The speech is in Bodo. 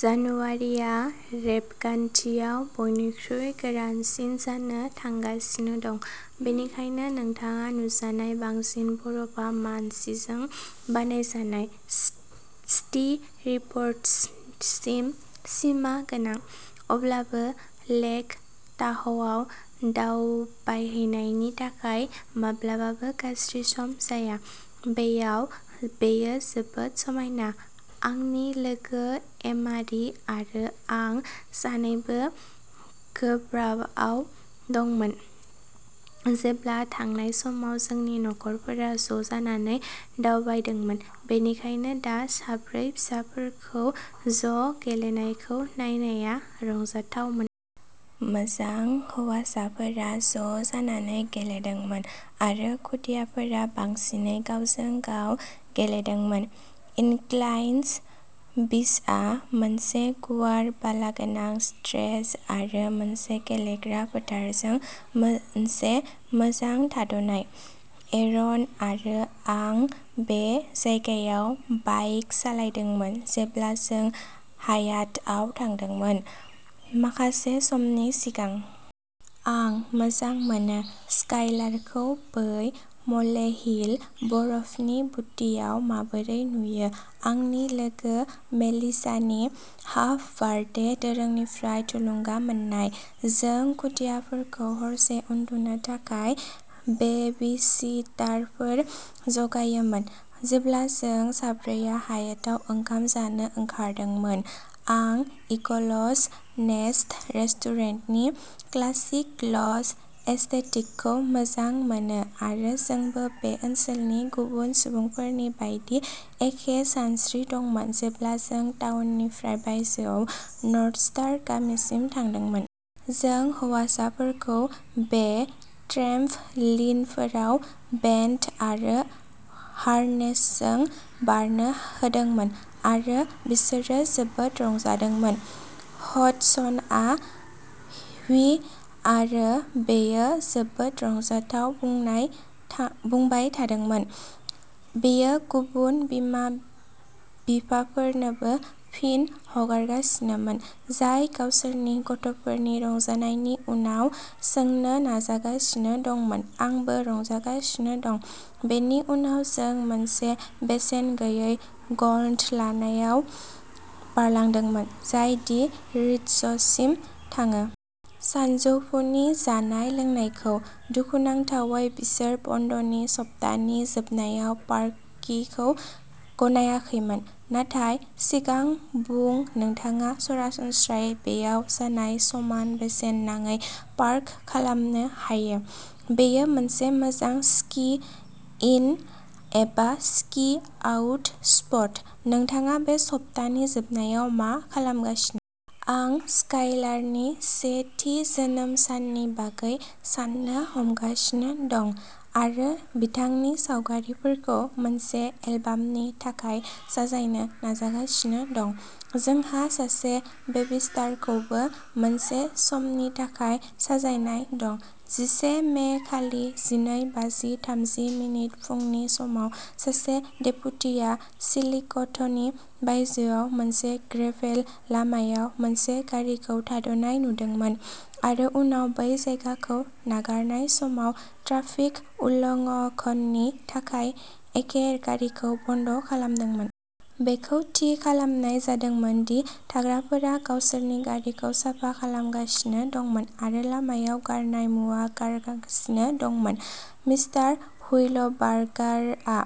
जानुवारिआ रेबगान्थियाव बयनिख्रुइ गोरानसिन जानो थांगासिनो दं बेनिखायनो नोंथाङा नुजानाय बांसिन बरफआ मानसिजों बानायजानाय, स्कि रिसर्टसिम सिमा गोनां। अब्लाबो, लेक ताह'आव दावबायहैनायनि थाखाय माब्लाबाबो गाज्रि सम जाया। बैयाव बेयो जोबोद समायना। आंनि लोगो एमारि आरो आं सानैबो गोर्बोआव दंमोन जेब्ला थांनाय समाव जोंनि नखरफोरा ज' जानानै दावबायदोंमोन, बेनिखायनो दा साब्रै फिसाफोरखौ ज' गेलेनायखौ नायनाया रंजाथावमोन। मोजां, हौवासाफोरा ज' जानानै गेलेदोंमोन आरो खुदियाफोरा बांसिनै गावजों-गाव गेलेदोंमोन। इनक्लाइन बीचआ मोनसे गुवार बालागोनां स्ट्रेच आरो मोनसे गेलेग्रा फोथारजों मोनसे मोजां थाद'नाय। एरन आरो आं बे जायगायाव बाइक सालायदोंमोन जेब्ला जों हायातआव थादोंमोन, माखासे समनि सिगां। आं मोजां मोनो स्काइलारखौ बै म'लेहिल बरफनि बुटियाव माबोरै नुयो आंनि लोगो मेलिसानि हाफ बार्थडे दोरोंनिफ्राय थुलुंगा मोननाय। जों खुदियाफोरखौ हरसे उन्दुनो थाखाय बेबिसिटारफोर जगायोमोन, जेब्ला जों साब्रैया हयातआव ओंखाम जानो ओंखारदोंमोन। आं इगल'स नेस्ट रेस्टुरेन्टनि क्लासिक ल'ज एस्थेटिकखौ मोजां मोनो आरो जोंबो बे ओनसोलनि गुबुन सुबुंफोरनि बायदि एखे सानस्रि दंमोन जेब्ला जों टाउननिफ्राय बायजोआव नर्थस्टार गामिसिम थांदोंमोन। जों हौवाफोरखौ बे ट्रेम्प' लिनफोराव बेन्ड आरो हार्नेसजों बारनो होदोंमोन आरो बिसोरो जोबोद रंजादोंमोन। हडसनआ व्ही आरो बेयो जोबोद रंजाथाव बुंबाय थादोंमोन, बियो गुबुन बिमा-बिफाफोरनोबो फिन हरगासिनोमोन, जाय गावसोरनि गथ'फोरनि रंजानायनि उनाव सोंनो नाजागासिनो दंमोन आंबो रंजागासिनो दं बेनि उनाव जों मोनसे बेसेन गैयै गन्ड'लायाव बारलांदोंमोन, जाय दि रिट्जसिम थाङो। सानजौफुनि जानाय लोंनायखौ। दुखुनांथावै बिसोर बन्दनि सप्तानि जोबनायाव पार्किंखौ गनायाखैमोन, नाथाय सिगां बुं नोंथाङा सरासनस्रायै बेयाव जानाय समाव बेसेन नाङै पार्क खालामनो हायो। बेयो मोनसे मोजां स्कि इन एबा स्कि आउट स्टप। नोंथाङा बे सप्तानि जोबनायाव मा खालामगासिनो? आं स्काइलारनि से थि जोनोम साननि बागै साननो हमगासिनो दं आरो बिथांनि सावगारिफोरखौ मोनसे एलबामनि थाखाय साजायनो नाजागासिनो दं। जोंहा सासे बेबिसिटारखौबो मोनसे साननि थाखाय साजायनाय दं। जिसे मे, खालि जिनै बाजि थामजि मिनिट फुंनि समाव सासे डेप्युटीया चिलिक'थनि बायजोआव मोनसे ग्रेभेल लामायाव मोनसे गारिखौ थाद'नाय नुदोंमोन आरो उनाव बै जायगाखौ नागारनाय समाव ट्राफिक उल्लङ्घननि थाखाय एखे गारिखौ बन्द' खालामदोंमोन। बेखौ थि खालामनाय जादोंमोन दि थाग्राफोरा गावसोरनि गारिखौ साफा खालामगासिनो दंमोन आरो लामायाव गारनाय मुवा गारगासिनो दंमोन। मिस्टार हुइलबार्गारआ